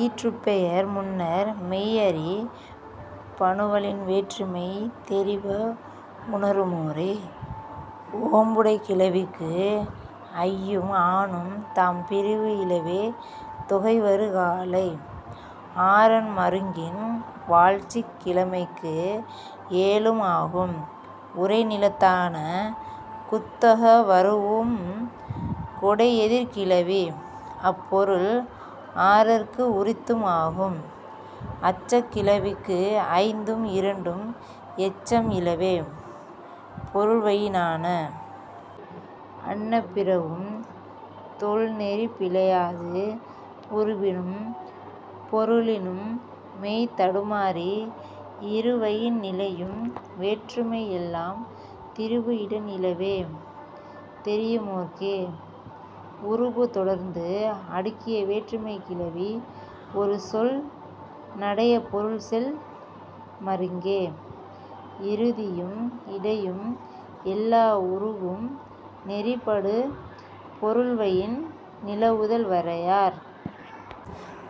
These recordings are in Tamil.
ஈற்றுப் பெயர் முன்னர் மெய் அறி பனுவலின் வேற்றுமை தெரிப உணருமோரே. ஓம்படைக் கிளவிக்கு ஐயும் ஆனும் தாம் பிரிவு இலவே தொகை வரு காலை. ஆறன் மருங்கின் வாழ்ச்சிக் கிழமைக்கு ஏழும் ஆகும் உறை நிலத்தான. குத் தொக வரூஉம் கொடை எதிர் கிளவி அப் பொருள் ஆறற்கு உரித்தும் ஆகும், அச்சக் கிளவிக்கு ஐந்தும் இரண்டும் எச்சம் இலவே பொருள்வயினான. அன்ன பிறவும் தொல் நெறி பிழையாது உருபினும் பொருளினும் மெய் தடுமாறி இரு வயின் நிலையும் வேற்றுமை எல்லாம் திரிபு இடன் இலவே தெரியுமோர்க்கே. உருபு தொடர்ந்து அடுக்கிய வேற்றுமைக் கிளவி ஒரு சொல் நடைய பொருள் செல் மருங்கே. இறுதியும் இடையும் எல்லா உருபும் நெறி படு பொருள்வயின் நிலவுதல் வரையார்.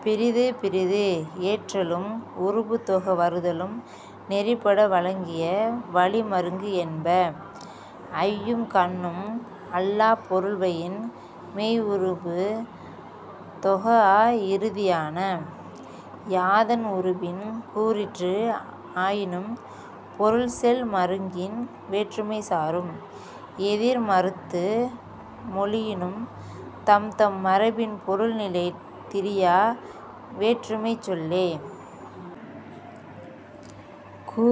பிறிது பிறிது ஏற்றலும் உருபு தொக வருதலும் நெறிபட வழங்கிய வழி மருங்கு என்ப. ஐயும் கண்ணும் அல்லாப் பொருள்வயின் மெய் உருபு தொகாஅ இறுதியான. யாதன் உருபின் கூறிற்று ஆயினும் பொருள் செல் மருங்கின் வேற்றுமை சாரும். எதிர் மறுத்து மொழியினும் தம்தம் மரபின் பொருள் நிலை திரியா வேற்றுமைச் சொல்லே. கு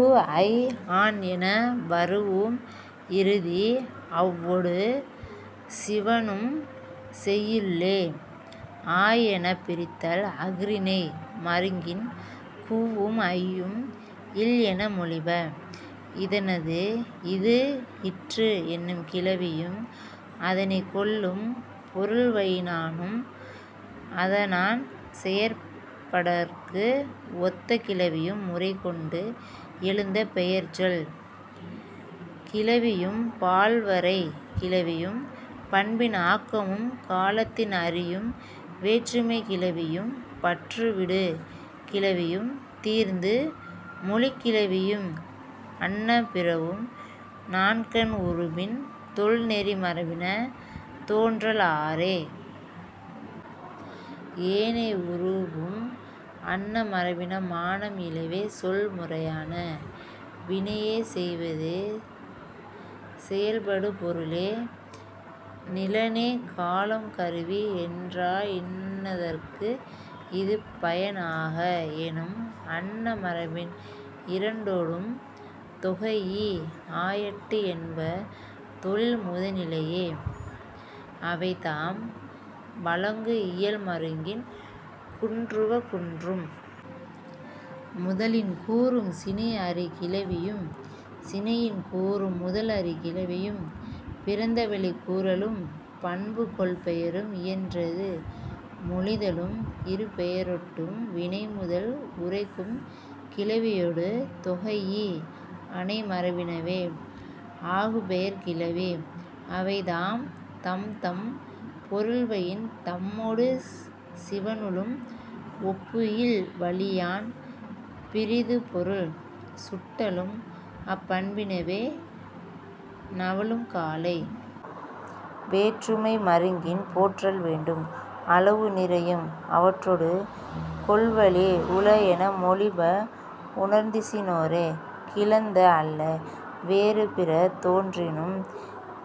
ஐ ஆன் என வரூஉம் இறுதி அவ்வொடு சிவணும் செய்யுளுள்ளே. அ எனப் பிறத்தல் அஃறிணை மருங்கின் குவ்வும் ஐயும் இல் என மொழிப. இதனது இது இற்று என்னும் கிளவியும் அதனைக் கொள்ளும் பொருள்வயினானும் அதனான் செயற்படற்கு ஒத்த கிளவியும் முறை கொண்டு எழுந்த பெயர்ச்சொல் கிளவியும் பால் வரை கிளவியும் பண்பின் ஆக்கமும் காலத்தின் அறியும் வேற்றுமைக் கிளவியும் பற்று விடு கிளவியும் தீர்ந்து மொழிக் கிளவியும் அன்ன பிறவும் நான்கன் உருபின் தொல் நெறி மரபின தோன்றல் ஆறே. ஏனை உருபும் அன்ன மரபின மானம் இலவே சொல் முறையான. வினையே செய்வது செயப்படுபொருளே நிலனே காலம் கருவி என்றா இன்னதற்கு இது பயன் ஆக என்னும் அன்ன மரபின் இரண்டொடும் தொகைஇ ஆயெட்டு என்ப தொழில் முதனிலையே. அவைதாம், வழங்கு இயல் மருங்கின் குன்றுவ குன்றும். முதலின் கூறும் சினை அறி கிளவியும் சினையின் கூறும் முதல் அறி கிளவியும் பிறந்தவழிக் கூறலும் பண்பு கொள் பெயரும் இயன்றது மொழிதலும் இருபெயரொட்டும் வினைமுதல் உரைக்கும் கிளவியொடு தொகைஇ அனை மரபினவே ஆகுபெயர்க் கிளவி. அவைதாம், தம்தம் பொருள்வயின் தம்மொடு சிவணலும் ஒப்பு இல் வழியான் பிறிது பொருள் சுட்டலும் அப் பண்பினவே நுவலும் காலை. வேற்றுமை மருங்கின் போற்றல் வேண்டும். அளவு நிறையும் அவற்றொடு கொள்வழி உள என மொழிப உணர்ந்திசினோரே. கிளந்த அல்ல வேறு பிற தோன்றினும்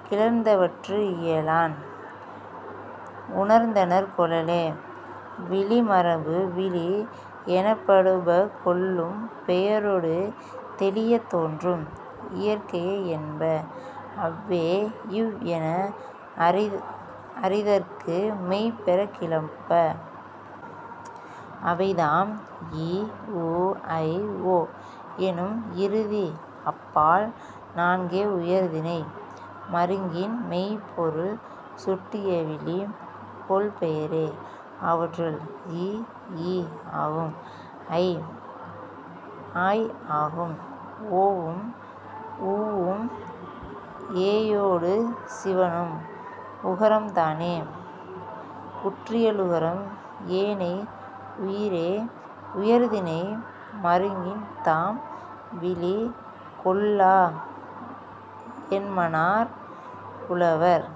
கிளந்தவற்று இயலான் உணர்ந்தனர் கொளலே.. விளிமரபு விளி எனப்படுப கொள்ளும் பெயரொடு தெளியத் தோன்றும் இயற்கைய என்ப. அவ்வே, இவ் என அறிதற்கு மெய் பெறக் கிளப்ப. அவைதாம், இ உ ஐ ஓ என்னும் இறுதி அப் பால் நான்கே உயர்திணை மருங்கின் மெய்ப் பொருள் சுட்டிய விளி கொள் பெயரே. அவற்றுள், இ ஈ ஆகும் ஐ ஆய் ஆகும். ஓவும் உவ்வும் ஏயொடு சிவணும். உகரம்தானே குற்றியலுகரம். ஏனை உயிரே உயர்திணை மருங்கின் தாம் விளி கொள்ளா என்மனார் புலவர்.